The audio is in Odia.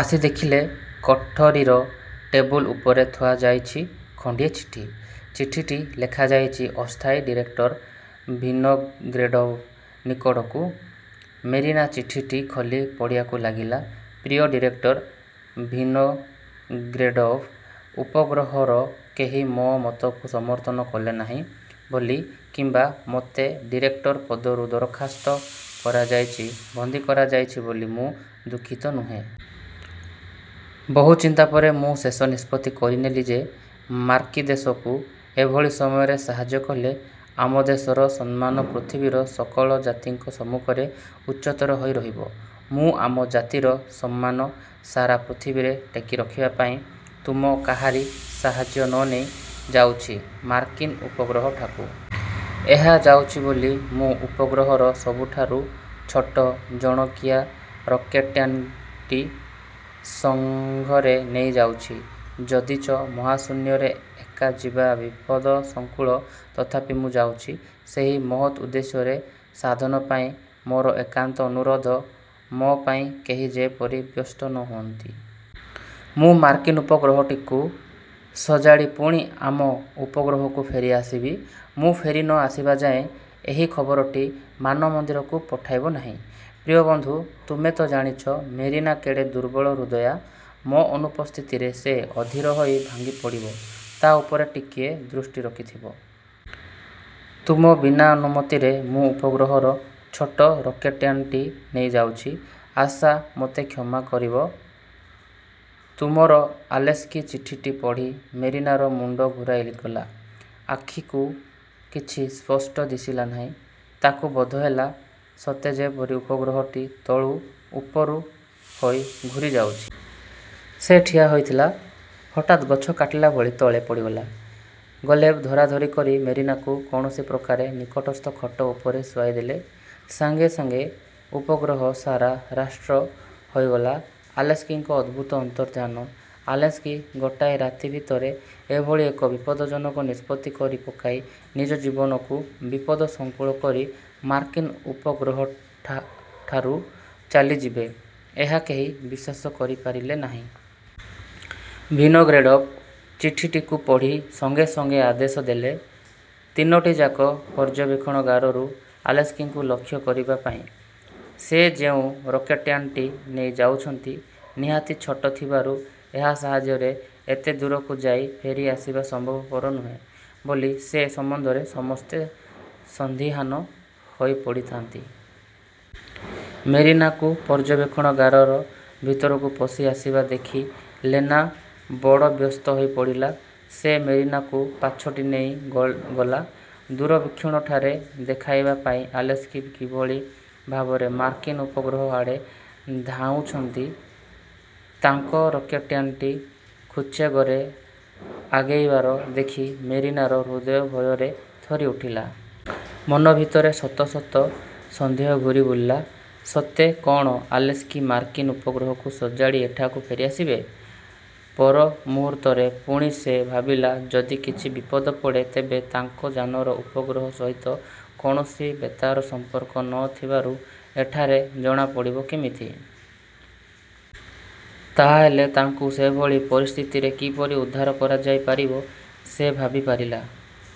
ଆସି ଦେଖିଲେ କୋଠରିର ଟେବୁଲ ଉପରେ ଥୁଆହୋଇଛି ଖଣ୍ଡିଏ ଚିଠି। ଚିଠିଟି ଲେଖାଯାଇଛି ଅସ୍ଥାୟୀ ଡିରେକ୍ଟର ଭିନୋଗ୍ରେଡ଼ୋଭ୍ଙ୍କ ନିକଟକୁ। ମେରିନା ଚିଠିଟି ଖୋଲି ପଢ଼ିବାକୁ ଲାଗିଲା– ପ୍ରିୟ ଡିରେକ୍ଟର ଭିନୋଗ୍ରେଡ଼ୋଭ୍, ଉପଗ୍ରହର କେହି ମୋ ମତକୁ ସମର୍ଥନ କଲେ ନାହିଁ ବୋଲି କିମ୍ବା ମୋତେ ଡିରେକ୍ଟର ପଦରୁ ଦରଖାସ୍ତ କରାଯାଇ ବନ୍ଦୀ କରାଯାଇଛି ବୋଲି ମୁଁ ଦୁଃଖିତ ନୁହେଁ। ବହୁ ଚିନ୍ତା ପରେ ମୁଁ ଶେଷ ନିଷ୍ପତ୍ତି କରିନେଲି ଯେ, ମାର୍କିନ୍ଦେଶକୁ ଏଭଳି ସମୟରେ ସାହାଯ୍ୟ କଲେ ଆମ ଦେଶର ସମ୍ମାନ ପୃଥିବୀର ସକଳ ଜାତିଙ୍କ ସମ୍ମୁଖରେ ଉଚ୍ଚତର ହୋଇ ରହିବ। ମୁଁ ଆମ ଜାତିର ସମ୍ମାନ ସାରା ପୃଥିବୀରେ ଟେକି ରଖିବା ପାଇଁ ତୁମ କାହାରି ସାହାଯ୍ୟ ନନେଇ ଯାଉଛି ମାର୍କିନ୍ ଉପଗ୍ରହଠାକୁ। ଏକା ଯାଉଛି ବୋଲି ମୁଁ ଉପଗ୍ରହର ସବୁଠାରୁ ଛୋଟ ଜଣକିଆ ରକେଟ୍ଯାନଟି ସଙ୍ଗରେ ନେଇ ଯାଉଛି। ଯଦିଚ ମହାଶୂନ୍ୟରେ ଏକା ଯିବା ବିପଦସଂକୁଳ, ତଥାପି ମୁଁ ଯାଉଛି ସେହି ମହତ୍ଉଦ୍ଦେଶ୍ୟ ସାଧନ ପାଇଁ। ମୋର ଏକାନ୍ତ ଅନୁରୋଧ, ମୋ ପାଇଁ କେହି ଯେପରି ବ୍ୟସ୍ତ ନ ହୁଅନ୍ତି। ମୁଁ ମାର୍କିନ୍ ଉପଗ୍ରହଟିକୁ ସଜାଡ଼ି ପୁଣି ଆମ ଉପଗ୍ରହକୁ ଫେରିଆସିବି। ମୁଁ ଫେରି ନ ଆସିବା ଯାଏଁ, ଏହି ଖବରଟି ମାନମନ୍ଦିରକୁ ପଠାଇବ ନାହିଁ। ପ୍ରିୟ ବନ୍ଧୁ, ତୁମେ ତ ଜାଣିଛ ମେରିନା କେଡ଼େ ଦୁର୍ବଳହୃଦୟା। ମୋ ଅନୁପସ୍ଥିତିରେ ସେ ଅଧୀର ହୋଇ ଭାଙ୍ଗିଫଡ଼ିବ। ତା' ଉପରେ ଟିକିଏ ଦୃଷ୍ଟି ରଖିଥିବ। ତୁମ ବିନାନୁମତିରେ ମୁଁ ଉପଗ୍ରହର ଛୋଟ ରକେଟ୍ଯାନଟି ନେଇ ଯାଉଛି। ଆଶା, ମୋତେ କ୍ଷମା କରିବ। ତୁମର ଆଲେସ୍କି ଚିଠିଟି ପଢ଼ି ମେରିନାର ମୁଣ୍ଡ ଘୂରାଇଗଲା। ଆଖିକୁ କିଛି ସ୍ପଷ୍ଟ ଦିଶିଲା ନାହିଁ। ତାକୁ ବୋଧହେଲା ସତେ ଯେପରି ଉପଗ୍ରହଟି ତଳୁ ଉପର ହୋଇ ଘୂରିଯାଉଛି। ସେ ଠିଆ ହୋଇଥିଲା, ହଠାତ୍ଗଛ କାଟିଲଭଳି ତଳେ ପଡ଼ିଗଲା। ଗୋଲେଭ୍ ଧରାଧରି କରି ମେରିନାକୁ କୌଣସି ପ୍ରକାରେ ନିକଟସ୍ଥ ଖଟ ଉପରେ ଶୁଆଇଦେଲେ। ସଙ୍ଗେ ସଙ୍ଗେ ଉପଗ୍ରହ ସାରା ରାଷ୍ଟ୍ର ହୋଇଗଲା ଆଲେସ୍କିଙ୍କ ଅଦ୍ଭୁତ ଅନ୍ତର୍ଦ୍ଧାନ। ଆଲେସ୍କି ଗୋଟାଏ ରାତି ଭିତରେ ଏଭଳି ଏକ ବିପଦ୍ଜନକ ନିଷ୍ପତ୍ତି କରି ପକାଇ ନିଜ ଜୀବନକୁ ବିପଦସଂକୁଳ କରି ମାର୍କିନ୍ ଉପଗ୍ରହଠାରୁ ଚାଲିଯିବେ, ଏହା କେହି ବିଶ୍ୱାସ କରିପାରିଲେ ନାହିଁ। ଭିନୋଗ୍ରେଡ଼ୋଭ୍ ଚିଠିଟିକୁ ପଢ଼ି ସଙ୍ଗେ ସଙ୍ଗେ ଆଦେଶ ଦେଲେ, ତିନୋଟିଯାକ ପର୍ଯ୍ୟବେକ୍ଷଣାଗାରରୁ ଆଲେସ୍କିଙ୍କୁ ଲକ୍ଷ୍ୟ କରିବା ପାଇଁ। ସେ ଯେଉଁ ରକେଟ୍ଯାନଟି ନେଇ ଯାଇଛନ୍ତି, ନିହାତି ଛୋଟ ଥିବାରୁ ଏହା ସାହାଯ୍ୟରେ ଏତେ ଦୂରକୁ ଯାଇ ଫେରିଆସିବା ସମ୍ଭବପର ନୁହେଁ ବୋଲି ସେ ସମ୍ବନ୍ଧରେ ସମସ୍ତେ ସନ୍ଦିହାନ ହୋଇପଡ଼ିଥାନ୍ତି। ମେରିନାକୁ ପର୍ଯ୍ୟବେକ୍ଷଣାଗାର ଭିତରକୁ ପଶି ଆସିବା ଦେଖି ଲେନା ବଡ଼ ବ୍ୟସ୍ତ ହୋଇପଡ଼ିଲା। ସେ ମେରିନାକୁ ପାଛୋଟି ନେଇ ଗଲା ଦୂରବୀକ୍ଷଣଠାରେ ଦେଖାଇବା ପାଇଁ ଆଲେସ୍କି କିଭଳି ଭାବରେ ମାର୍କିନ୍। ଉପଗ୍ରହ ଆଡ଼େ ଧାଉଁଛନ୍ତି। ତାଙ୍କ ରକେଟ୍ଯାନଟି ଖୁବ୍ବେଗରେ ଆଗେଇବାର ଦେଖି ମେରିନାର ହୃଦୟ ଭୟରେ ଥରି ଉଠିଲା। ମନ ଭିତରେ ଶତ ଶତ ସନ୍ଦେହ ଘୂରି ବୁଲିଲା, ''ସତେ କଅଣ ଆଲେସ୍କି ମାର୍କିନ୍ ଉପଗ୍ରହକୁ ସଜାଡ଼ି ଏଠାକୁ ଫେରିଆସିବେ? '' ପରମୁହୂର୍ତ୍ତରେ ପୁଣି ସେ ଭାବିଲା, ଯଦି କିଛି ବିପଦ ପଡ଼େ ତେବେ ତାଙ୍କ ଯାନର ଉପଗ୍ରହ ସହିତ କୌଣସି ବେତାର ସଂପର୍କ ନଥିବାରୁ ଏଠାରେ ଜଣାପଡ଼ିବ କେମିତି? ତା'ହେଲେ ତାଙ୍କୁ ସେଭଳି ପରିସ୍ଥିତିରେ କିପରି ଉଦ୍ଧାର କରାଯାଇ ପାରିବ, ସେ ଭାବି ପାରିଲା